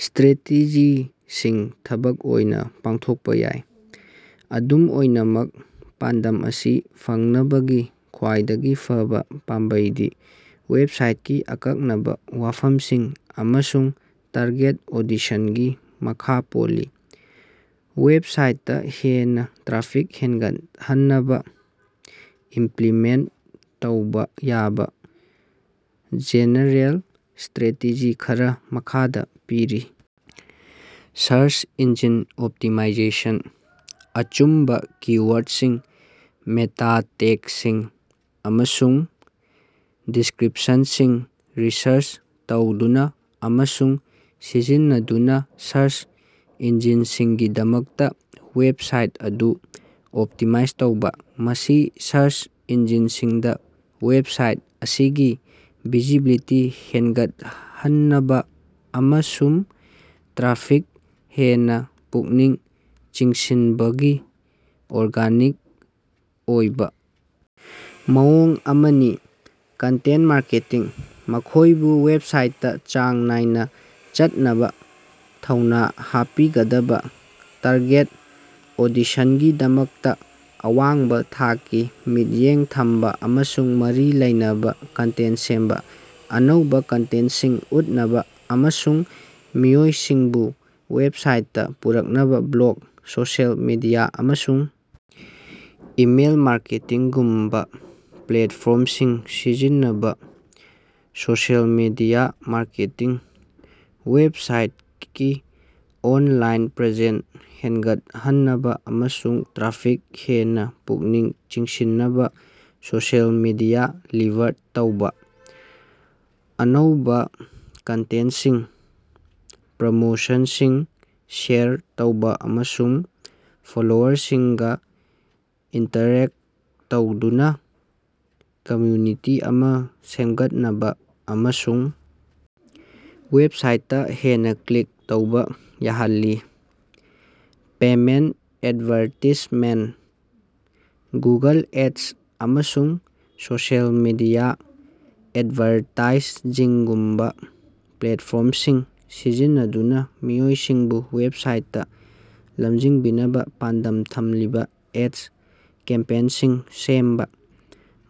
ꯁ꯭ꯇꯔꯦꯇꯦꯖꯤꯁꯤꯡ ꯊꯕꯛ ꯑꯣꯏꯅ ꯄꯥꯡꯊꯣꯛꯄ ꯌꯥꯏ꯫ ꯑꯗꯨꯝ ꯑꯣꯏꯅꯃꯛ ꯄꯥꯟꯗꯝ ꯑꯁꯤ ꯐꯪꯅꯕꯒꯤ ꯈ꯭ꯋꯥꯏꯗꯒꯤ ꯐꯕ ꯄꯥꯝꯕꯩꯗꯤ ꯋꯦꯕꯁꯥꯏꯠꯀꯤ ꯑꯀꯛꯅꯕ ꯋꯥꯐꯝꯁꯤꯡ ꯑꯃꯁꯨꯡ ꯇꯥꯔꯒꯦꯠ ꯑꯣꯗꯤꯁꯟꯒꯤ ꯃꯈꯥ ꯄꯣꯜꯂꯤ꯫ ꯋꯦꯕꯁꯥꯏꯠꯇ ꯍꯦꯟꯅ ꯇ꯭ꯔꯥꯐꯤꯛ ꯍꯦꯟꯒꯠꯍꯟꯅꯕ ꯏꯃꯄ꯭ꯂꯤꯃꯦꯟꯇ ꯇꯧꯕ ꯌꯥꯕ ꯖꯦꯅꯦꯔꯦꯜ ꯁ꯭ꯇꯔꯦꯇꯦꯖꯤ ꯈꯔ ꯃꯈꯥꯗ ꯄꯤꯔꯤ: ꯁꯔꯆ ꯏꯟꯖꯤꯟ ꯑꯣꯞꯇꯤꯃꯥꯏꯖꯦꯁꯟ: ꯑꯆꯨꯝꯕ ꯀꯤ-ꯋꯥꯔꯗꯁꯤꯡ, ꯃꯦꯇꯥ ꯇꯦꯒꯁꯤꯡ ꯑꯃꯁꯨꯡ ꯗꯤꯁꯀ꯭ꯔꯤꯞꯁꯟꯁꯤꯡ ꯔꯤꯁꯔꯆ ꯇꯧꯗꯨꯅ ꯑꯃꯁꯨꯡ ꯁꯤꯖꯤꯟꯅꯗꯨꯅ ꯁꯔꯆ ꯏꯟꯖꯤꯟꯁꯤꯡꯒꯤꯗꯃꯛꯇ ꯋꯦꯕꯁꯥꯏꯠ ꯑꯗꯨ ꯑꯣꯞꯇꯤꯃꯥꯏꯖ ꯇꯧꯕ꯫ ꯃꯁꯤ ꯁꯔꯆ ꯏꯟꯖꯤꯟꯁꯤꯡꯗ ꯋꯦꯕꯁꯥꯏꯠ ꯑꯁꯤꯒꯤ ꯚꯤꯖꯤꯕꯤꯂꯤꯇꯤ ꯍꯦꯟꯒꯠꯍꯟꯅꯕ ꯑꯃꯁꯨꯡ ꯇ꯭ꯔꯥꯐꯤꯛ ꯍꯦꯟꯅ ꯄꯨꯛꯅꯤꯡ ꯆꯤꯡꯁꯤꯟꯕꯒꯤ ꯑꯣꯔꯒꯥꯅꯤꯛ ꯑꯣꯏꯕ ꯃꯑꯣꯡ ꯑꯃꯅꯤ꯫ ꯀꯟꯇꯦꯟꯇ ꯃꯥꯔꯀꯦꯇꯤꯡ: ꯃꯈꯣꯏꯕꯨ ꯋꯦꯕꯁꯥꯏꯠꯇ ꯆꯥꯡ ꯅꯥꯏꯅ ꯆꯠꯅꯕ ꯊꯧꯅ ꯍꯥꯞꯄꯤꯒꯗꯕ ꯇꯥꯔꯒꯦꯠ ꯑꯣꯗꯤꯁꯟꯒꯤꯗꯃꯛꯇ ꯑꯋꯥꯡꯕ ꯊꯥꯛꯀꯤ ꯃꯤꯠꯌꯦꯡ ꯊꯝꯕ ꯑꯃꯁꯨꯡ ꯃꯔꯤ ꯂꯩꯅꯕ ꯀꯟꯇꯦꯟꯇ ꯁꯦꯝꯕ; ꯑꯅꯧꯕ ꯀꯟꯇꯦꯟꯇꯁꯤꯡ ꯎꯠꯅꯕ ꯑꯃꯁꯨꯡ ꯃꯤꯑꯣꯏꯁꯤꯡꯕꯨ ꯋꯦꯕꯁꯥꯏꯠꯇ ꯄꯨꯔꯛꯅꯕ ꯕ꯭ꯂꯣꯒ, ꯁꯣꯁꯤꯑꯦꯜ ꯃꯤꯗꯤꯌꯥ ꯑꯃꯁꯨꯡ ꯏꯃꯦꯜ ꯃꯥꯔꯀꯦꯇꯤꯡꯒꯨꯝꯕ ꯄ꯭ꯂꯦꯠꯐꯣꯔꯝꯁꯤꯡ ꯁꯤꯖꯤꯟꯅꯕ; ꯁꯣꯁꯤꯑꯦꯜ ꯃꯤꯗꯤꯌꯥ ꯃꯥꯔꯀꯦꯇꯤꯡ: ꯋꯦꯕꯁꯥꯏꯠꯀꯤ ꯑꯣꯅꯂꯥꯏꯟ ꯄ꯭ꯔꯦꯖꯦꯟꯁ ꯍꯦꯟꯒꯠꯍꯟꯅꯕ ꯑꯃꯁꯨꯡ ꯇ꯭ꯔꯥꯐꯤꯛ ꯍꯦꯟꯅ ꯄꯨꯛꯅꯤꯡ ꯆꯤꯡꯁꯤꯟꯅꯕ ꯁꯣꯁꯤꯑꯦꯜ ꯃꯤꯗꯤꯌꯥ ꯂꯤꯚꯔ ꯇꯧꯕ, ꯑꯅꯧꯕ ꯀꯟꯇꯦꯟꯇꯁꯤꯡ, ꯄ꯭ꯔꯣꯃꯣꯁꯟꯁꯤꯡ ꯁꯦꯌꯔ ꯇꯧꯕ ꯑꯃꯁꯨꯡ ꯐꯣꯂꯣꯋꯔꯁꯤꯡꯒ ꯏꯟꯇꯔꯦꯛꯇ ꯇꯧꯗꯨꯅ ꯀꯝꯃ꯭ꯌꯨꯅꯤꯇꯤ ꯑꯃ ꯁꯦꯝꯒꯠꯅꯕ ꯑꯃꯁꯨꯡ ꯋꯦꯕꯁꯥꯏꯠꯇ ꯍꯦꯟꯅ ꯀ꯭ꯂꯤꯛ ꯇꯧꯕ ꯌꯥꯍꯜꯂꯤ꯫ ꯄꯦꯃꯦꯟꯇ ꯑꯦꯗꯚꯔꯇꯤꯁꯃꯦꯟꯇ: ꯒꯨꯒꯜ ꯑꯦꯗ ꯑꯃꯁꯨꯡ ꯁꯣꯁꯤꯑꯦꯜ ꯃꯤꯗꯤꯌꯥ ꯑꯦꯗꯚꯔꯇꯥꯏꯖꯤꯡꯒꯨꯝꯕ ꯄ꯭ꯂꯦꯠꯐꯣꯔꯝꯁꯤꯡ ꯁꯤꯖꯤꯟꯅꯗꯨꯅ ꯃꯤꯑꯣꯏꯁꯤꯡꯕꯨ ꯋꯦꯕꯁꯥꯏꯠꯇ ꯂꯝꯖꯤꯡꯕꯤꯅꯕ ꯄꯥꯟꯗꯝ ꯊꯝꯂꯤꯕ ꯑꯦꯗ ꯀꯦꯝꯄꯦꯟꯁꯤꯡ ꯁꯦꯝꯕ꯫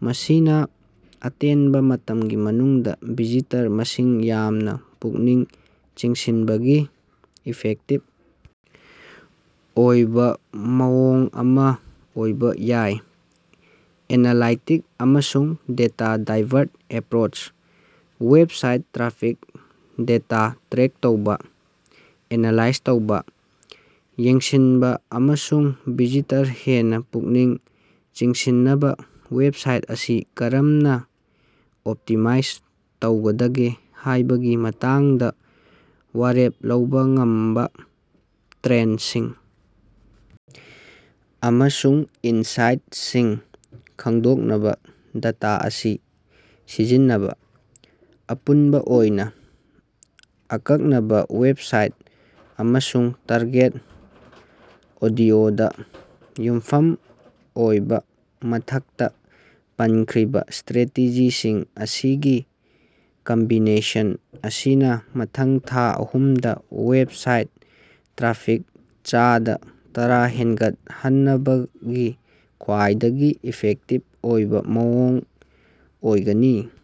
ꯃꯁꯤꯅ ꯑꯇꯦꯟꯕ ꯃꯇꯝꯒꯤ ꯃꯅꯨꯡꯗ ꯚꯤꯖꯤꯇꯔ ꯃꯁꯤꯡ ꯌꯥꯝꯅ ꯄꯨꯛꯅꯤꯡ ꯆꯤꯡꯁꯤꯟꯕꯒꯤ ꯏꯐꯦꯛꯇꯤꯚ ꯑꯣꯏꯕ ꯃꯑꯣꯡ ꯑꯃ ꯑꯣꯏꯕ ꯌꯥꯏ꯫ ꯑꯦꯅꯂꯥꯏꯇꯤꯛꯁ ꯑꯃꯁꯨꯡ data driven approach: website traffic data track ꯇꯧꯕ, ꯑꯦꯅꯂꯥꯏꯖ ꯇꯧꯕ, ꯌꯦꯡꯁꯤꯟꯕ ꯑꯃꯁꯨꯡ ꯚꯤꯖꯤꯇꯔ ꯍꯦꯟꯅ ꯄꯨꯛꯅꯤꯡ ꯆꯤꯡꯁꯤꯟꯅꯕ ꯋꯦꯕꯁꯥꯏꯠ ꯑꯁꯤ ꯀꯔꯝꯅ ꯑꯣꯞꯇꯤꯃꯥꯏꯖ ꯇꯧꯒꯗꯒꯦ ꯍꯥꯏꯕꯒꯤ ꯃꯇꯥꯡꯗ ꯋꯥꯔꯦꯞ ꯂꯧꯕ ꯉꯝꯕ ꯇ꯭ꯔꯦꯟꯗꯁꯤꯡ ꯑꯃꯁꯨꯡ ꯏꯟꯁꯥꯏꯠꯁꯤꯡ ꯈꯪꯗꯣꯛꯅꯕ ꯗꯦꯇꯥ ꯑꯁꯤ ꯁꯤꯖꯤꯟꯅꯕ; ꯑꯄꯨꯟꯕ ꯑꯣꯏꯅ, ꯑꯀꯛꯅꯕ ꯋꯦꯕꯁꯥꯏꯠ ꯑꯃꯁꯨꯡ ꯇꯥꯔꯒꯦꯠ ꯑꯣꯗꯤꯑꯣꯗ ꯌꯨꯝꯐꯝ ꯑꯣꯏꯕ ꯃꯊꯛꯇ ꯄꯟꯈ꯭ꯔꯤꯕ ꯁ꯭ꯇꯔꯦꯇꯦꯖꯤꯁꯤꯡ ꯑꯁꯤꯒꯤ ꯀꯝꯕꯤꯅꯦꯁꯟ ꯑꯁꯤꯅ ꯃꯊꯪꯒꯤ ꯊꯥ ꯑꯍꯨꯝꯗ ꯋꯦꯕꯁꯥꯏꯠ ꯇ꯭ꯔꯥꯐꯤꯛ ꯆꯥꯗ ꯇꯔꯥ ꯍꯦꯟꯒꯠꯍꯟꯅꯕꯒꯤ ꯈ꯭ꯋꯥꯏꯗꯒꯤ ꯏꯐꯦꯛꯇꯤꯚ ꯑꯣꯏꯕ ꯃꯑꯣꯡ ꯑꯣꯏꯒꯅꯤ꯫